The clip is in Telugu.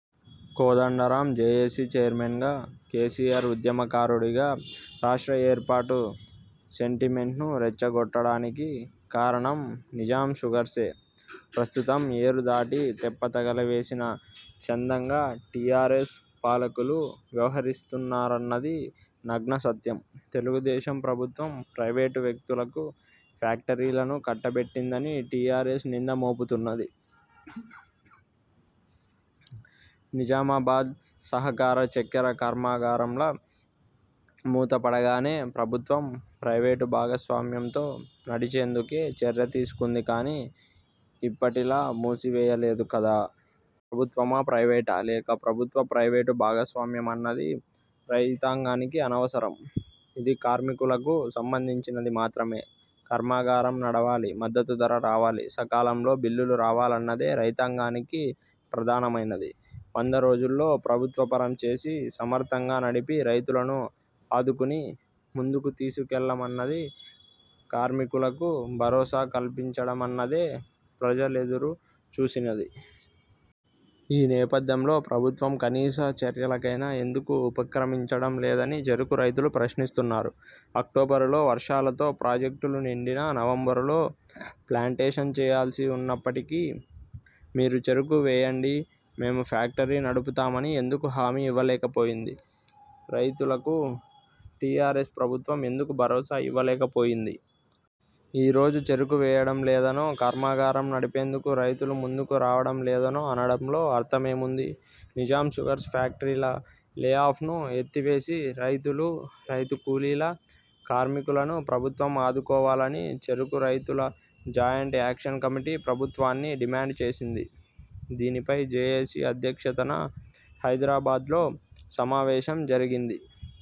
కోదండరాం జేఏసీ చైర్మన్గా, కేసీఆర్ ఉద్యమకారుడిగా రాష్ట్ర ఏర్పాటు సెంటిమెంట్ను రెచ్చగొట్టడానికి కారణం నిజాం షుగర్సే. ప్రస్తుతం ఏరుదాటి తెప్పతగలేసిన చందంగా టీఆర్ఎస్ పాలకులు వ్యవహరిస్తున్నరన్నది నగ్న సత్యం. తెలుగుదేశం ప్రభుత్వం ప్రైవేటు వ్యక్తులకు ఫ్యాక్టరీలను కట్టబెట్టిందని టీఆర్ఎస్ నింద మోపుతున్నది. నిజామాబాద్ సహకార చక్కెర కర్మాగారంలా మూత పడగానే ప్రభుత్వం ప్రైవేటు భాగస్వామ్యంతో నడిచేందుకే చర్య తీసుకుంది కానీ, ఇప్పటిలా మూసివేయలేదు కదా? ప్రభుత్వమా? ప్రైవేటా? లేక ప్రభుత్వ, ప్రైవేటు భాగస్వామ్యం అన్నది రైతాంగానికి అనవసరం. ఇది కార్మికులకు సంబంధించినది మాత్రమే. కర్మాగారం నడవాలి మద్దతు ధర రావాలి. సకాలంలో బిల్లులు రావాలన్నదే రైతాంగానికి ప్రధానమైనది. వంద రోజుల్లో ప్రభుత్వపరం చేసి సమర్థంగా నడిపి రైతును ఆదుకుని ముందుకు తీసుకెళ్లామన్నది కార్మికులకు భరోసా కల్పించడమన్నదే ప్రజలెదురు చూసినది. ఈ నేపథ్యంలో ప్రభుత్వం కనీస చర్యలకైనా ఎందుకు ఉపక్రమించడం లేదని చెరకు రైతులు ప్రశ్నిస్తున్నారు. అక్టోబరులో వర్షాలతో ప్రాజెక్టులు నిండినా నవంబరులో ప్లాంటేషన్స్ చేయాల్సి ఉన్నప్పటికీ మీరు చెరకు వేయండి మేము ఫ్యాక్టరీ నడుపుతామని ఎందుకు హామీ ఇవ్వలేకపోయింది. రైతుకు టీఆర్ఎస్ ప్రభుత్వం ఎందుకు భరోసా ఇవ్వలేక పోయింది? ఈ రోజు చెరకు వేయడం లేదనో, కర్మాగారం నడిపేందుకు రైతులు ముందుకు రావడం లేదనో అనడంలో అర్థమేముంది? నిజాం షుగర్స్ ఫ్యాక్టరీల లేఆఫ్ను ఎత్తివేసి రైతులు, రైతు కూలీల, కార్మికులను ప్రభుత్వం ఆదుకోవాలని చెరకు రైతుల జాయింట్ యాక్షన్ కమిటీ ప్రభుత్వాన్ని డిమాండ్ చేసింది. దీనిపై జేఏసీ అధ్యక్షతన హైదరాబాద్లో సమావేశం జరిగింది.